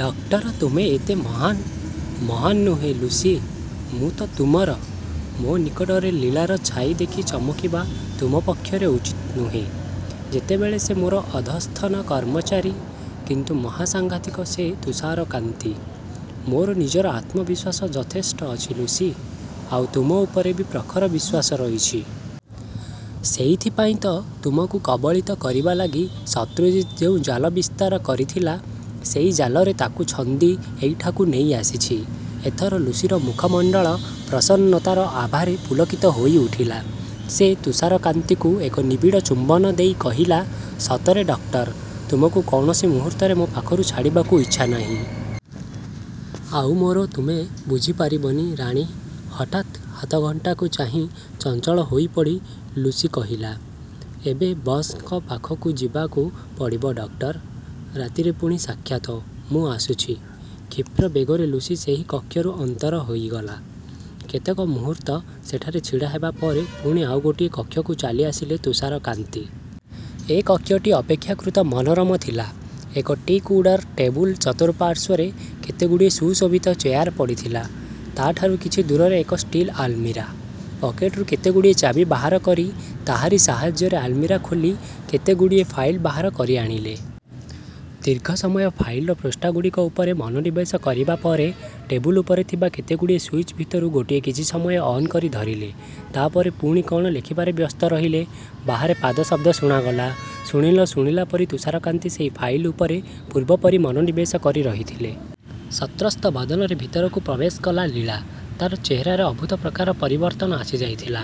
Doctor... ତୁମେ ଏତେ ମହାନ୍! ମହାନ୍ ନୁହେଁ ଲୁସି, ମୁଁ ତ ତୁମର। ମୋ ନିକଟରେ ଲୀଳାର ଛାଇ ଦେଖି ଚମକିବା ତୁମ ପକ୍ଷରେ ଉଚିତ୍ ନୁହେଁ, ଯେତେବେଳେ ସେ ମୋର ଅଧସ୍ତନ କର୍ମଚାରୀ। କିନ୍ତୁ ମହାସାଙ୍ଘାତିକ ସେ ତୁଷାରକାନ୍ତି! ମୋର ନିଜର ଆତ୍ମବିଶ୍ୱାସ ଯଥେଷ୍ଟ ଅଛି ଲୁସି, ଆଉ ତୁମ ଉପରେ ବି ପ୍ରଖର ବିଶ୍ୱାସ ରହିଛି। ସେଇଥିପାଇଁ ତ ତୁମକୁ କବଳିତ କରିବା ଲାଗି ଶତ୍ରୁଜିତ୍ ଯେଉଁ ଜାଲ ବିସ୍ତାର କରିଥିଲା, ସେହି ଜାଲରେ ତାକୁ ଛନ୍ଦି ଏହିଠାକୁ ନେଇ ଆସିଛି। ଏଥର ଲୁସିର ମୁଖମଣ୍ଡଳ ପ୍ରସନ୍ନତାର ଆଭାରେ ପୁଲକିତ ହୋଇଉଠିଲା। ସେ ତୁଷାରକାନ୍ତିଙ୍କୁ ଏକ ନିବିଡ଼ ଚୁମ୍ବନ ଦେଇ କହିଲା, ସତରେ ଡକ୍ଟର, ତୁମକୁ କୌଣସି ମୁହୂର୍ତ୍ତରେ ମୋ ପାଖରୁ ଛାଡ଼ିବାକୁ ଇଚ୍ଛା ନାହିଁ। ଆଉ ମୋର ତୁମେ ବୁଝିପାରିବନି ରାଣୀ ହଠାତ୍ ହାତଘଣ୍ଟାକୁ ଚାହିଁ ଚଞ୍ଚଳ ହୋଇପଡ଼ି ଲୁସି କହିଲା, ଏବେ ବସ୍‌ଙ୍କ ପାଖକୁ ଯିବାକୁ ପଡ଼ିବ ଡକ୍ଟର। ରାତିରେ ପୁଣି ସାକ୍ଷାତ, ମୁଁ ଆସୁଛି। କ୍ଷିପ୍ର ବେଗରେ ଲୁସି ସେହି କକ୍ଷରୁ ଅନ୍ତର ହୋଇଗଲା। କେତେକ ମୁହୂର୍ତ୍ତ ସେଠାରେ ଛିଡ଼ା ହେବା ପରେ ପୁଣି ଆଉ ଗୋଟିଏ କକ୍ଷକୁ ଚାଲିଆସିଲେ ତୁଷାରକାନ୍ତି। ଏ କକ୍ଷଟି ଅପେକ୍ଷାକୃତ ମନୋରମ ଥିଲା। ଏକ ଟିକ୍ ଉଡ୍‌ର ଟେବୁଲ୍ ଚତୁଃପାର୍ଶ୍ୱରେ କେତେଗୁଡ଼ିଏ ସୁଶୋଭିତ ଚେୟାର ପଡ଼ିଥିଲା। ତା’ ଠାରୁ କିଛି ଦୂରରେ ଏକ ଷ୍ଟିଲ୍ ଆଲମିରା। ପକେଟ୍‌ରୁ କେତେଗୁଡ଼ିଏ ଚାବି ବାହାର କରି ତାହାରି ସାହାଯ୍ୟରେ ଆଲମିରା ଖୋଲି କେତେଗୁଡ଼ିଏ ଫାଇଲ୍ ବାହାର କରି ଆଣିଲେ। ଦୀର୍ଘ ସମୟ ଫାଇଲ୍‌ର ପୃଷ୍ଠାଗୁଡ଼ିକ ଉପରେ ମନୋନିବେଶ କରିବା ପରେ, ଟେବୁଲ୍ ଉପରେ ଥିବା କେତେଗୁଡ଼ିଏ ସୁଇଚ୍ ଭିତରୁ ଗୋଟିଏ କିଛି ସମୟ ଅନ୍ କରି ଧରିଲେ। ତା’ ପରେ ପୁଣି କ’ଣ ଲେଖିବାରେ ବ୍ୟସ୍ତ ରହିଲେ। ବାହାରେ ପାଦଶବ୍ଦ ଶୁଣାଗଲା। ଶୁଣି ନ ଶୁଣିଲା ପରି ତୁଷାରକାନ୍ତି ସେହି ଫାଇଲ୍ ଉପରେ ପୂର୍ବ ପରି ମନୋନିବେଶ କରି ରହିଥିଲେ। ସତ୍ରସ୍ତ ବଦନରେ ଭିତରକୁ ପ୍ରବେଶ କଲା ଲୀଳା। ତା’ର ଚେହେରାରେ ଅଦ୍ଭୁତ ପ୍ରକାର ପରିବର୍ତ୍ତନ ଆସିଯାଇଥିଲା।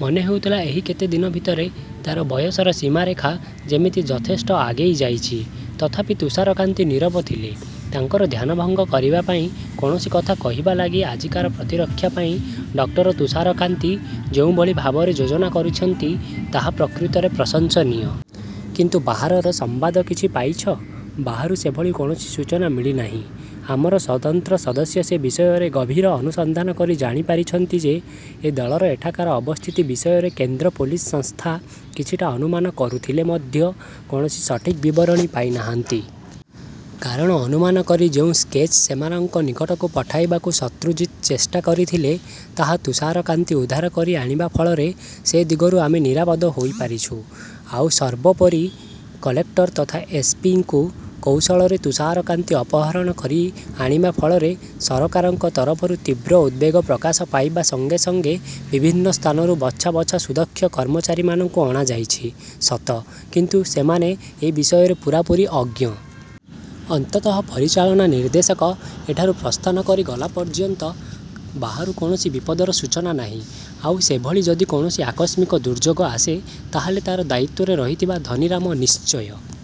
ମନେ ହେଉଥିଲା, ଏହି କେତେ ଦିନ ଭିତରେ ତା’ର ବୟସର ସୀମାରେଖା ଯେମିତି ଯଥେଷ୍ଟ ଆଗେଇ ଯାଇଛି। ତଥାପି ତୁଷାରକାନ୍ତି ନୀରବ ଥିଲେ। ତାଙ୍କର ଧ୍ୟାନଭଙ୍ଗ କରିବା ପାଇଁ କୌଣସି କଥା କହିବା ଲାଗି ଆଜିକାର ପ୍ରତିରକ୍ଷା ପାଇଁ ଡକ୍ଟର ତୁଷାରକାନ୍ତି ଯେଉଁଭଳି ଭାବରେ ଯୋଜନା କରିଛନ୍ତି, ତାହା ପ୍ରକୃତରେ ପ୍ରଶଂସନୀୟ। କିନ୍ତୁ ବାହାରର ସମ୍ବାଦ କିଛି ପାଇଛ? ବାହାରୁ ସେଭଳି କୌଣସି ସୂଚନା ମିଳି ନାହିଁ। ଆମର ସ୍ୱତନ୍ତ୍ର ସଦସ୍ୟ ସେ ବିଷୟରେ ଗଭୀର ଅନୁସନ୍ଧାନ କରି ଜାଣିପାରିଛନ୍ତି ଯେ, ଏ ଦଳର ଏଠାକାର ଅବସ୍ଥିତି ବିଷୟରେ କେନ୍ଦ୍ର ପୋଲିସ ସଂସ୍ଥା କିଛିଟା ଅନୁମାନ କରୁଥିଲେ ମଧ୍ୟ କୌଣସି ସଠିକ୍ ବିବରଣୀ ପାଇ ନାହାନ୍ତି। କାରଣ ଅନୁମାନ କରି ଯେଉଁ ସ୍କେଚ୍ ସେମାନଙ୍କ ନିକଟକୁ ପଠାଇବାକୁ ଶତ୍ରୁଜିତ୍ ଚେଷ୍ଟା କରିଥିଲେ, ତାହା ତୁଷାରକାନ୍ତି ଉଦ୍ଧାର କରି ଆଣିବା ଫଳରେ ସେ ଦିଗରୁ ଆମେ ନିରାପଦ ହୋଇପାରିଛୁ। ଆଉ ସର୍ବୋପରି କଲେକ୍ଟର ତଥା ଏସ୍ ପି ଙ୍କୁ କୌଶଳରେ ତୁଷାରକାନ୍ତି ଅପହରଣ କରି ଆଣିବା ଫଳରେ ସରକାରଙ୍କ ତରଫରୁ ତୀବ୍ର ଉଦ୍‌ବେଗ ପ୍ରକାଶ ପାଇବା ସଙ୍ଗେ ସଙ୍ଗେ ବିଭିନ୍ନ ସ୍ଥାନରୁ ବଛା ବଛା ସୁଦକ୍ଷ କର୍ମଚାରୀମାନଙ୍କୁ ଅଣାଯାଇଛି ସତ, କିନ୍ତୁ ସେମାନେ ଏ ବିଷୟରେ ପୂରାପୂରି ଅଜ୍ଞ। ଅନ୍ତତଃ ପରିଚାଳନା ନିର୍ଦ୍ଦେଶକ ଏଠାରୁ ପ୍ରସ୍ଥାନ କରି ଗଲା ପର୍ଯ୍ୟନ୍ତ ବାହାରୁ କୌଣସି ବିପଦର ସୂଚନା ନାହିଁ। ଆଉ ସେଭଳି ଯଦି କୌଣସି ଆକସ୍ମିକ ଦୁର୍ଯୋଗ ଆସେ, ତା’ ହେଲେ ତା’ର ଦାୟିତ୍ୱରେ ରହିଥିବା ଧନୀରାମ ନିଶ୍ଚୟ